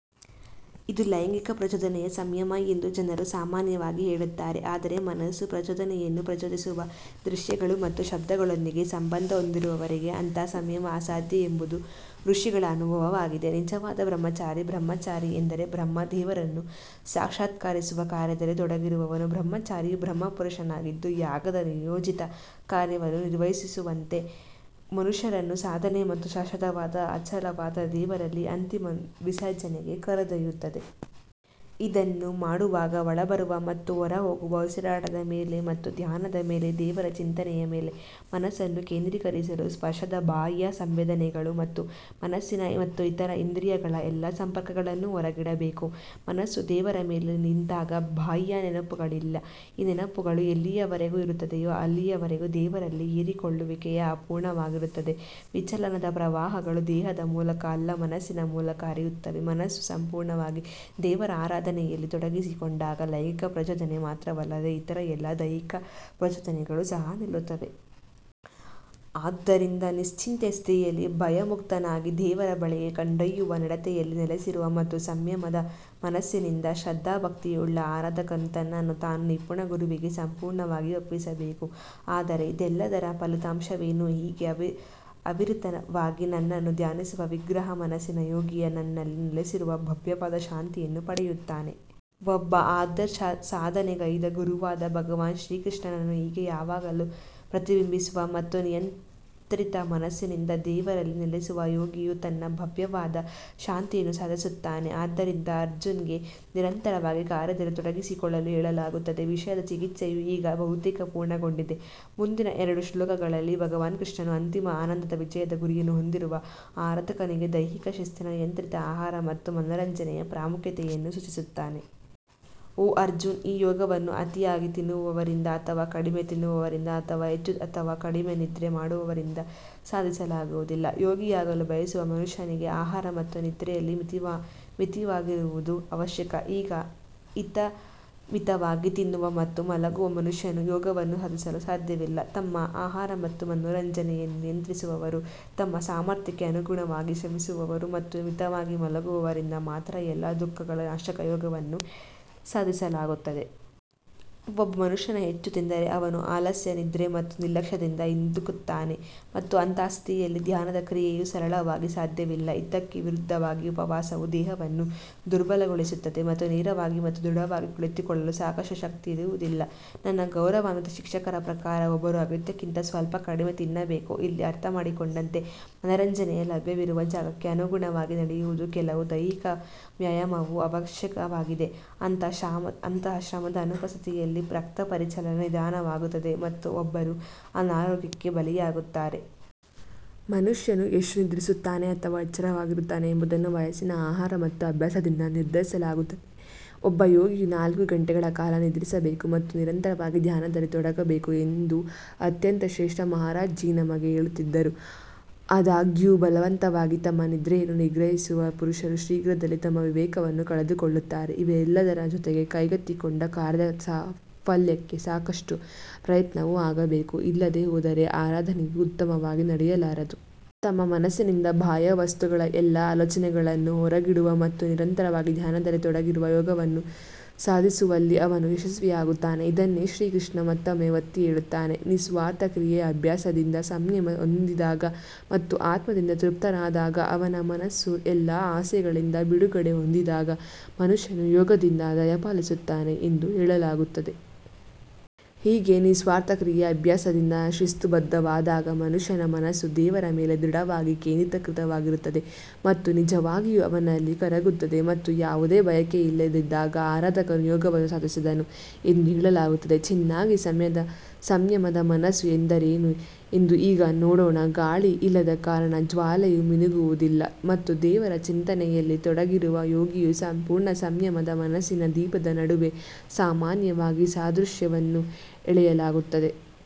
ಇದು ಲೈಂಗಿಕ ಪ್ರಚೋದನೆಯ ಸಂಯಮ ಎಂದು ಜನರು ಸಾಮಾನ್ಯವಾಗಿ ಹೇಳುತ್ತಾರೆ ಆದರೆ ಮನಸ್ಸು ಪ್ರಚೋದನೆಯನ್ನು ಪ್ರಚೋದಿಸುವ ದೃಶ್ಯಗಳು ಮತ್ತು ಶಬ್ದಗಳೊಂದಿಗೆ ಸಂಬಂಧ ಹೊಂದಿರುವವರೆಗೆ ಅಂತಹ ಸಂಯಮ ಅಸಾಧ್ಯ ಎಂಬುದು ಋಷಿಗಳ ಅನುಭವವಾಗಿದೆ. ನಿಜವಾದ ಬ್ರಹ್ಮಚಾರಿ ಬ್ರಹ್ಮಚಾರಿ ಎಂದರೆ ಬ್ರಹ್ಮ ದೇವರನ್ನು ಸಾಕ್ಷಾತ್ಕರಿಸುವ ಕಾರ್ಯದಲ್ಲಿ ತೊಡಗಿರುವವನು. ಬ್ರಹ್ಮಚಾರಿಯು ಬ್ರಹ್ಮ ಪುರುಷನಾಗಿದ್ದು, ಯಾಗದ ನಿಯೋಜಿತ ಕಾರ್ಯವನ್ನು ನಿರ್ವಹಿಸುವವನಂತೆ ಮನುಷ್ಯರನ್ನು ಸಾಧನೆ ಮತ್ತು ಶಾಶ್ವತವಾದ ಅಚಲವಾದ ದೇವರಲ್ಲಿ ಅಂತಿಮ ವಿಸರ್ಜನೆಗೆ ಕರೆದೊಯ್ಯುತ್ತದೆ. ಇದನ್ನು ಮಾಡುವಾಗ, ಒಳಬರುವ ಮತ್ತು ಹೊರಹೋಗುವ ಉಸಿರಾಟದ ಮೇಲೆ ಮತ್ತು ಧ್ಯಾನದ ಮೇಲೆ ದೇವರ ಚಿಂತನೆಯ ಮೇಲೆ ಮನಸ್ಸನ್ನು ಕೇಂದ್ರೀಕರಿಸಲು ಸ್ಪರ್ಶದ ಬಾಹ್ಯ ಸಂವೇದನೆಗಳು ಮತ್ತು ಮನಸ್ಸಿನ ಮತ್ತು ಇತರ ಇಂದ್ರಿಯಗಳ ಎಲ್ಲಾ ಸಂಪರ್ಕಗಳನ್ನು ಹೊರಗಿಡಬೇಕು. ಮನಸ್ಸು ದೇವರ ಮೇಲೆ ನಿಂತಾಗ ಬಾಹ್ಯ ನೆನಪುಗಳಿಲ್ಲ ಈ ನೆನಪುಗಳು ಎಲ್ಲಿಯವರೆಗೆ ಇರುತ್ತದೆಯೋ ಅಲ್ಲಿಯವರೆಗೆ ದೇವರಲ್ಲಿ ಹೀರಿಕೊಳ್ಳುವಿಕೆಯು ಅಪೂರ್ಣವಾಗಿರುತ್ತದೆ ವಿಚಲನದ ಪ್ರವಾಹಗಳು ದೇಹದ ಮೂಲಕ ಅಲ್ಲ ಮನಸ್ಸಿನ ಮೂಲಕ ಹರಿಯುತ್ತವೆ ಮನಸ್ಸು ಸಂಪೂರ್ಣವಾಗಿ ದೇವರ ಆರಾಧನೆಯಲ್ಲಿ ತೊಡಗಿಸಿಕೊಂಡಾಗ ಲೈಂಗಿಕ ಪ್ರಚೋದನೆ ಮಾತ್ರವಲ್ಲದೆ ಇತರ ಎಲ್ಲಾ ದೈಹಿಕ ಪ್ರಚೋದನೆಗಳು ಸಹ ನಿಲ್ಲುತ್ತವೆ. ಆದುದರಿಂದ ನಿಶ್ಚಿಂತೆಯ ಸ್ಥಿತಿಯಲ್ಲಿ ಭಯಮುಕ್ತನಾಗಿ ದೇವರ ಬಳಿಗೆ ಕೊಂಡೊಯ್ಯುವ ನಡತೆಯಲ್ಲಿ ನೆಲೆಸಿರುವ ಮತ್ತು ಸಂಯಮದ ಮನಸ್ಸಿನಿಂದ ಶ್ರದ್ಧಾಭಕ್ತಿಯುಳ್ಳ ಆರಾಧಕನು ತನ್ನನ್ನು ತಾನು ನಿಪುಣ ಗುರುವಿಗೆ ಸಂಪೂರ್ಣವಾಗಿ ಒಪ್ಪಿಸಬೇಕು. ಆದರೆ ಇದೆಲ್ಲದರ ಫಲಿತಾಂಶವೇನು ಹೀಗೆ ಅವಿರತವಾಗಿ ನನ್ನನ್ನು ಧ್ಯಾನಿಸುವ ನಿಗ್ರಹ ಮನಸ್ಸಿನ ಯೋಗಿಯು ನನ್ನಲ್ಲಿ ನೆಲೆಸಿರುವ ಭವ್ಯವಾದ ಶಾಂತಿಯನ್ನು ಪಡೆಯುತ್ತಾನೆ. ಒಬ್ಬ ಆದರ್ಶ ಸಾಧನೆಗೈದ ಗುರುವಾದ ಭಗವಾನ್ ಶ್ರೀಕೃಷ್ಣನನ್ನು ಹೀಗೆ ಯಾವಾಗಲೂ ಪ್ರತಿಬಿಂಬಿಸುವ ಮತ್ತು ನಿಯಂತ್ರಿತ ಮನಸ್ಸಿನಿಂದ ದೇವರಲ್ಲಿ ನೆಲೆಸುವ ಯೋಗಿಯು ತನ್ನ ಭವ್ಯವಾದ ಶಾಂತಿಯನ್ನು ಸಾಧಿಸುತ್ತಾನೆ. ಆದ್ದರಿಂದ ಅರ್ಜುನ್ಗೆ ನಿರಂತರವಾಗಿ ಕಾರ್ಯದಲ್ಲಿ ತೊಡಗಿಸಿಕೊಳ್ಳಲು ಹೇಳಲಾಗುತ್ತದೆ ವಿಷಯದ ಚಿಕಿತ್ಸೆಯು ಈಗ ಬಹುತೇಕ ಪೂರ್ಣಗೊಂಡಿದೆ ಮುಂದಿನ ಎರಡು ಶ್ಲೋಕಗಳಲ್ಲಿ ಭಗವಾನ್ ಕೃಷ್ಣನು ಅಂತಿಮ ಆನಂದದ ವಿಜಯದ ಗುರಿಯನ್ನು ಹೊಂದಿರುವ ಆರಾಧಕನಿಗೆ ದೈಹಿಕ ಶಿಸ್ತಿನ ನಿಯಂತ್ರಿತ ಆಹಾರ ಮತ್ತು ಮನರಂಜನೆಯ ಪ್ರಾಮುಖ್ಯತೆಯನ್ನು ಸೂಚಿಸುತ್ತಾನೆ. ಓ ಅರ್ಜುನ್ ಈ ಯೋಗವನ್ನು ಅತಿಯಾಗಿ ತಿನ್ನುವವರಿಂದ ಅಥವಾ ಕಡಿಮೆ ತಿನ್ನುವವರಿಂದ ಅಥವಾ ಹೆಚ್ಚು ಅಥವಾ ಕಡಿಮೆ ನಿದ್ರೆ ಮಾಡುವವರಿಂದ ಸಾಧಿಸಲಾಗುವುದಿಲ್ಲ. ಯೋಗಿಯಾಗಲು ಬಯಸುವ ಮನುಷ್ಯನಿಗೆ ಆಹಾರ ಮತ್ತು ನಿದ್ರೆಯಲ್ಲಿ ಮಿತವಾಗಿರುವುದು ಅವಶ್ಯಕ ಈಗ ಹಿತಮಿತವಾಗಿ ತಿನ್ನುವ ಮತ್ತು ಮಲಗುವ ಮನುಷ್ಯನು ಯೋಗವನ್ನು ಸಾಧಿಸಲು ಸಾಧ್ಯವಿಲ್ಲ ತಮ್ಮ ಆಹಾರ ಮತ್ತು ಮನೋರಂಜನೆಯನ್ನು ನಿಯಂತ್ರಿಸುವವರು ತಮ್ಮ ಸಾಮರ್ಥ್ಯಕ್ಕೆ ಅನುಗುಣವಾಗಿ ಶ್ರಮಿಸುವವರು ಮತ್ತು ಮಿತವಾಗಿ ಮಲಗುವವರಿಂದ ಮಾತ್ರ ಎಲ್ಲಾ ದುಃಖಗಳ ನಾಶಕ ಯೋಗವನ್ನು ಸಾಧಿಸಲಾಗುತ್ತದೆ. ಒಬ್ಬ ಮನುಷ್ಯನು ಹೆಚ್ಚು ತಿಂದರೆ ಅವನು ಆಲಸ್ಯ ನಿದ್ರೆ ಮತ್ತು ನಿರ್ಲಕ್ಷ್ಯದಿಂದ ಹಿಂದಿಕ್ಕುತ್ತಾನೆ ಮತ್ತು ಅಂತಹ ಸ್ಥಿತಿಯಲ್ಲಿ ಧ್ಯಾನದ ಕ್ರಿಯೆಯು ಸರಳವಾಗಿ ಸಾಧ್ಯವಿಲ್ಲ ಇದಕ್ಕೆ ವಿರುದ್ಧವಾಗಿ ಉಪವಾಸವು ದೇಹವನ್ನು ದುರ್ಬಲಗೊಳಿಸುತ್ತದೆ ಮತ್ತು ನೇರವಾಗಿ ಮತ್ತು ದೃಢವಾಗಿ ಕುಳಿತುಕೊಳ್ಳಲು ಸಾಕಷ್ಟು ಶಕ್ತಿ ಇರುವುದಿಲ್ಲ ನನ್ನ ಗೌರವಾನ್ವಿತ ಶಿಕ್ಷಕರ ಪ್ರಕಾರ ಒಬ್ಬರು ಅಗತ್ಯಕ್ಕಿಂತ ಸ್ವಲ್ಪ ಕಡಿಮೆ ತಿನ್ನಬೇಕು ಇಲ್ಲಿ ಅರ್ಥಮಾಡಿಕೊಂಡಂತೆ ಮನರಂಜನೆಯು ಲಭ್ಯವಿರುವ ಜಾಗಕ್ಕೆ ಅನುಗುಣವಾಗಿ ನಡೆಯುವುದು ಕೆಲವು ದೈಹಿಕ ವ್ಯಾಯಾಮವು ಅವಶ್ಯಕವಾಗಿದೆ, ಅಂತಹ ಶ್ರಮದ ಅನುಪಸ್ಥಿತಿಯಲ್ಲಿ ರಕ್ತ ಪರಿಚಲನೆ ನಿಧಾನವಾಗುತ್ತದೆ ಮತ್ತು ಒಬ್ಬರು ಅನಾರೋಗ್ಯಕ್ಕೆ ಬಲಿಯಾಗುತ್ತಾರೆ. ಮನುಷ್ಯನು ಎಷ್ಟು ನಿದ್ರಿಸುತ್ತಾನೆ ಅಥವಾ ಎಚ್ಚರವಾಗಿರುತ್ತಾನೆ ಎಂಬುದನ್ನು ವಯಸ್ಸಿನ ಆಹಾರ ಮತ್ತು ಅಭ್ಯಾಸದಿಂದ ನಿರ್ಧರಿಸಲಾಗುತ್ತದೆ ಒಬ್ಬ ಯೋಗಿಯು ನಾಲ್ಕು ಗಂಟೆಗಳ ಕಾಲ ನಿದ್ರಿಸಬೇಕು ಮತ್ತು ನಿರಂತರವಾಗಿ ಧ್ಯಾನದಲ್ಲಿ ತೊಡಗಬೇಕು ಎಂದು ಅತ್ಯಂತ ಶ್ರೇಷ್ಠ ಮಹಾರಾಜ್ ಜೀ ನಮಗೆ ಹೇಳುತ್ತಿದ್ದರು. ಆದಾಗ್ಯೂ, ಬಲವಂತವಾಗಿ ತಮ್ಮ ನಿದ್ರೆಯನ್ನು ನಿಗ್ರಹಿಸುವ ಪುರುಷರು ಶೀಘ್ರದಲ್ಲೇ ತಮ್ಮ ವಿವೇಕವನ್ನು ಕಳೆದುಕೊಳ್ಳುತ್ತಾರೆ ಇವೆಲ್ಲದರ ಜೊತೆಗೆ ಕೈಗೆತ್ತಿಕೊಂಡ ಕಾರ್ಯದ ಸಾಫಲ್ಯಕ್ಕೆ ಸಾಕಷ್ಟು ಪ್ರಯತ್ನವೂ ಆಗಬೇಕು, ಇಲ್ಲದೇ ಹೋದರೆ ಆರಾಧನೆಯು ಉತ್ತಮವಾಗಿ ನಡೆಯಲಾರದು. ತನ್ನ ಮನಸ್ಸಿನಿಂದ ಬಾಹ್ಯ ವಸ್ತುಗಳ ಎಲ್ಲಾ ಆಲೋಚನೆಗಳನ್ನು ಹೊರಗಿಡುವ ಮತ್ತು ನಿರಂತರವಾಗಿ ಧ್ಯಾನದಲ್ಲಿ ತೊಡಗಿರುವ ಯೋಗವನ್ನು ಸಾಧಿಸುವಲ್ಲಿ ಅವನು ಯಶಸ್ವಿಯಾಗುತ್ತಾನೆ. ಇದನ್ನೇ ಶ್ರೀಕೃಷ್ಣ ಮತ್ತೊಮ್ಮೆ ಒತ್ತಿ ಹೇಳುತ್ತಾನೆ ನಿಸ್ವಾರ್ಥ ಕ್ರಿಯೆಯ ಅಭ್ಯಾಸದಿಂದ ಸಂಯಮ ಹೊಂದಿದಾಗ ಮತ್ತು ಆತ್ಮದಿಂದ ತೃಪ್ತರಾದಾಗ ಅವನ ಮನಸ್ಸು ಎಲ್ಲಾ ಆಸೆಗಳಿಂದ ಬಿಡುಗಡೆ ಹೊಂದಿದಾಗ ಮನುಷ್ಯನು ಯೋಗದಿಂದ ದಯಪಾಲಿಸುತ್ತಾನೆ ಎಂದು ಹೇಳಲಾಗುತ್ತದೆ. ಹೀಗೆ ನಿಸ್ವಾರ್ಥ ಕ್ರಿಯೆಯ ಅಭ್ಯಾಸದಿಂದ ಶಿಸ್ತುಬದ್ಧವಾದಾಗ ಮನುಷ್ಯನ ಮನಸ್ಸು ದೇವರ ಮೇಲೆ ದೃಢವಾಗಿ ಕೇಂದ್ರೀಕೃತವಾಗಿರುತ್ತದೆ ಮತ್ತು ನಿಜವಾಗಿಯೂ ಅವನಲ್ಲಿ ಕರಗುತ್ತದೆ ಮತ್ತು ಯಾವುದೇ ಬಯಕೆಯಿಲ್ಲದಿದ್ದಾಗ ಆರಾಧಕನು ಯೋಗವನ್ನು ಸಾಧಿಸಿದನು ಎಂದು ಹೇಳಲಾಗುತ್ತದೆ. ಚೆನ್ನಾಗಿ ಸಂಯಮದ ಮನಸ್ಸು ಎಂದರೇನು ಎಂದು ಈಗ ನೋಡೋಣ ಗಾಳಿ ಇಲ್ಲದ ಕಾರಣ ಜ್ವಾಲೆಯು ಮಿನುಗುವುದಿಲ್ಲ ಮತ್ತು ದೇವರ ಚಿಂತನೆಯಲ್ಲಿ ತೊಡಗಿರುವ ಯೋಗಿಯ ಸಂಪೂರ್ಣ ಸಂಯಮದ ಮನಸ್ಸಿನ ದೀಪದ ನಡುವೆ ಸಾಮಾನ್ಯವಾಗಿ ಸಾದೃಶ್ಯವನ್ನು ಎಳೆಯಲಾಗುತ್ತದೆ.